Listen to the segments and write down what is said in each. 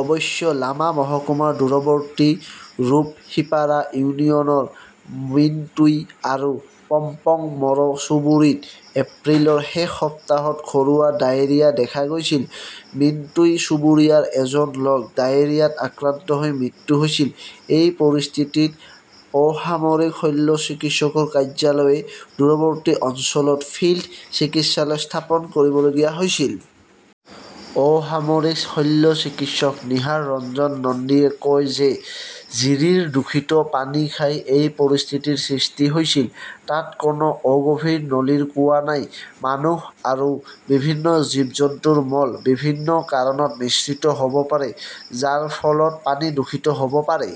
অৱশ্যে, লামা মহকুমাৰ দূৰৱৰ্তী ৰূপসিপাৰা ইউনিয়নৰ মিনটুই আৰু পম্পং মৰো চুবুৰীত এপ্ৰিলৰ শেষ সপ্তাহত ঘৰুৱা ডায়েৰিয়া দেখা গৈছিল। মিনটুই চুবুৰীয়াৰ এজন লোক ডায়েৰিয়াত আক্ৰান্ত হৈ মৃত্যু হৈছিল। এই পৰিস্থিতিত অসামৰিক শল্যচিকিৎসকৰ কাৰ্যালয়ে দূৰৱৰ্তী অঞ্চলত ফিল্ড চিকিৎসালয় স্থাপন কৰিবলগীয়া হৈছিল। অসামৰিক শল্যচিকিৎসক নিহাৰ ৰঞ্জন নন্দীয়ে কয় যে ঝিৰিৰ দূষিত পানী খাই এই পৰিস্থিতিৰ সৃষ্টি হৈছিল। তাত কোনো অগভীৰ নলীৰ কুঁৱা নাই। মানুহ আৰু বিভিন্ন জীৱ-জন্তুৰ মল বিভিন্ন কাৰণত মিশ্ৰিত হ "ব পাৰে, যাৰ ফলত পানী দূষিত হ" ব পাৰে।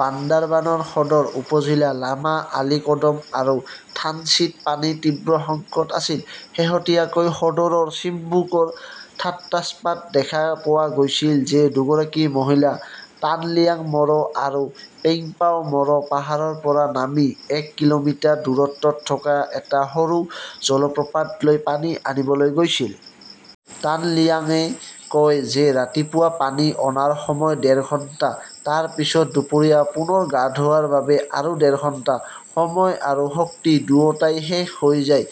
বান্দাৰবানৰ সদৰ উপ-জিলা, লামা, আলীকদম আৰু থানচীত পানীৰ তীব্ৰ সংকট আছিল। শেহতীয়াকৈ সদৰৰ চিম্বুকৰ থাট্টাম্পাত দেখা পোৱা গৈছিল যে দুগৰাকী মহিলা তানলিয়াং মৰো আৰু পেইঙপাও মৰো পাহাৰৰ পৰা নামি এক কিলোমিটাৰ দূৰত্বত থকা এটা সৰু জলপ্ৰপাতলৈ পানী আনিবলৈ গৈছিল। তানলিয়াংয়ে কয় যে ৰাতিপুৱা পানী অনাৰ সময় ডেৰ ঘণ্টা। তাৰ পিছত দুপৰীয়া পুনৰ গা ধোৱাৰ বাবে আৰু ডেৰ ঘণ্টা। সময় আৰু শক্তি দুয়োটাই শেষ হৈ যায়।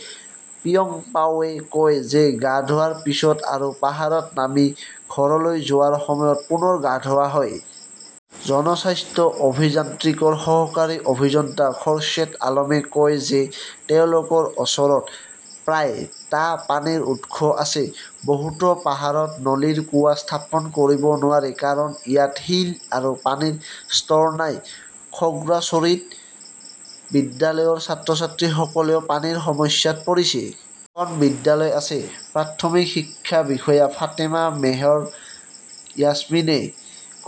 পিয়ংপাওৱে কয় যে গা ধোৱাৰ পিছত আৰু পাহাৰত নামি ঘৰলৈ যোৱাৰ সময়ত পুনৰ গা ধোৱা হয়। জনস্বাস্থ্য অভিযান্ত্ৰিকৰ সহকাৰী অভিযন্তা খোৰশ্বেদ আলমে কয় যে তেওঁলোকৰ ওচৰত প্ৰায়, টা পানীৰ উৎস আছে। বহুতো পাহাৰত নলীৰ কুঁৱা স্থাপন কৰিব নোৱাৰি কাৰণ ইয়াত শিল আৰু পানীৰ স্তৰ নাই। খগ্ৰাচৰীত বিদ্যালয়ৰ ছাত্ৰ-ছাত্ৰীসকলেও পানীৰ সমস্যাত পৰিছে। খন বিদ্যালয় আছে ", প্ৰাথমিক শিক্ষা বিষয়া ফাতেমা মেহৰ য়াসমিনে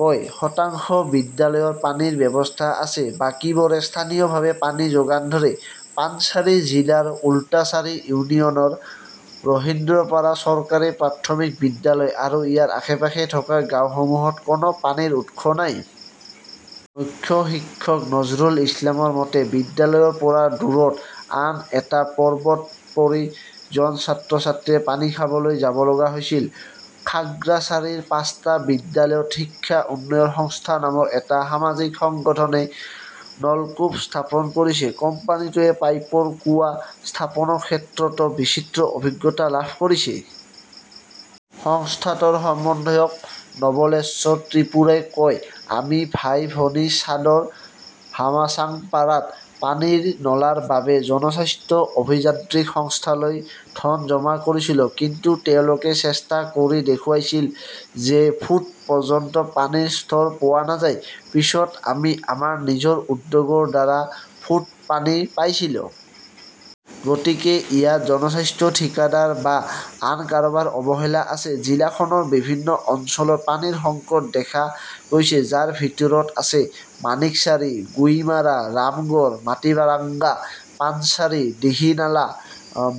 কয়। শতাংশ বিদ্যালয়ৰ পানীৰ ব্যৱস্থা আছে। বাকীবোৰে স্থানীয়ভাৱে পানী যোগান ধৰে। পানছাৰী জিলাৰ উলটাছাৰী ইউনিয়নৰ ৰোহিন্দ্ৰপাৰা চৰকাৰী প্ৰাথমিক বিদ্যালয় আৰু ইয়াৰ আশে-পাশে থকা গাঁওসমূহত কোনো পানীৰ উৎস নাই। মুখ্য শিক্ষক নজৰুল ইছলামৰ মতে বিদ্যালয়ৰ পৰা দূৰত আন এটা পৰ্বত পৰি জন ছাত্ৰ-ছাত্ৰীয়ে পানী খাবলৈ যাব লগা হৈছিল। খাগ্ৰাছাৰীৰ পাঁচটা বিদ্যালয়ত শিক্ষা উন্নয়ন সংস্থা নামৰ এটা সামাজিক সংগঠনে নলকূপ স্থাপন কৰিছে। কোম্পানীটোৱে পাইপৰ কুঁৱা স্থাপনৰ ক্ষেত্ৰতো বিচিত্ৰ অভিজ্ঞতা লাভ কৰিছে। সংস্থাটোৰ সমন্বয়ক নবলেশ্বৰ ত্ৰিপুৰাই কয়, "আমি ভাই-ভনী ছাদৰ হামাচাংপাৰাত পানীৰ নলাৰ বাবে জনস্বাস্থ্য অভিযান্ত্ৰিক সংস্থালৈ ধন জমা কৰিছিলো। কিন্তু তেওঁলোকে চেষ্টা কৰি দেখুৱাইছিল যে ফুট পৰ্যন্ত পানীৰ স্তৰ পোৱা নাযায়। পিছত আমি আমাৰ নিজৰ উদ্যোগৰ দ্বাৰা ফুট পানী পাইছিলোঁ। গতিকে ইয়াত জনস্বাস্থ্য ঠিকাদাৰ বা আন কাৰোবাৰ অৱহেলা আছে। "জিলাখনৰ বিভিন্ন অঞ্চলত পানীৰ সংকট দেখা গৈছে, যাৰ ভিতৰত আছে মানিকচাৰী, গুইমাৰা, ৰামগড়, মাটিৰাঙ্গা, পানচাৰী দিঘিনালা।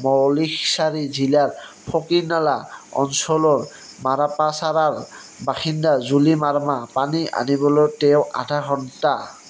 মলিখচাৰী জিলাৰ ফকীৰনালা অঞ্চলৰ মাৰাচাপাৰাৰ বাসিন্দা জুলি মাৰ্মা। পানী আনিবলৈ তেওঁ আধা ঘণ্টা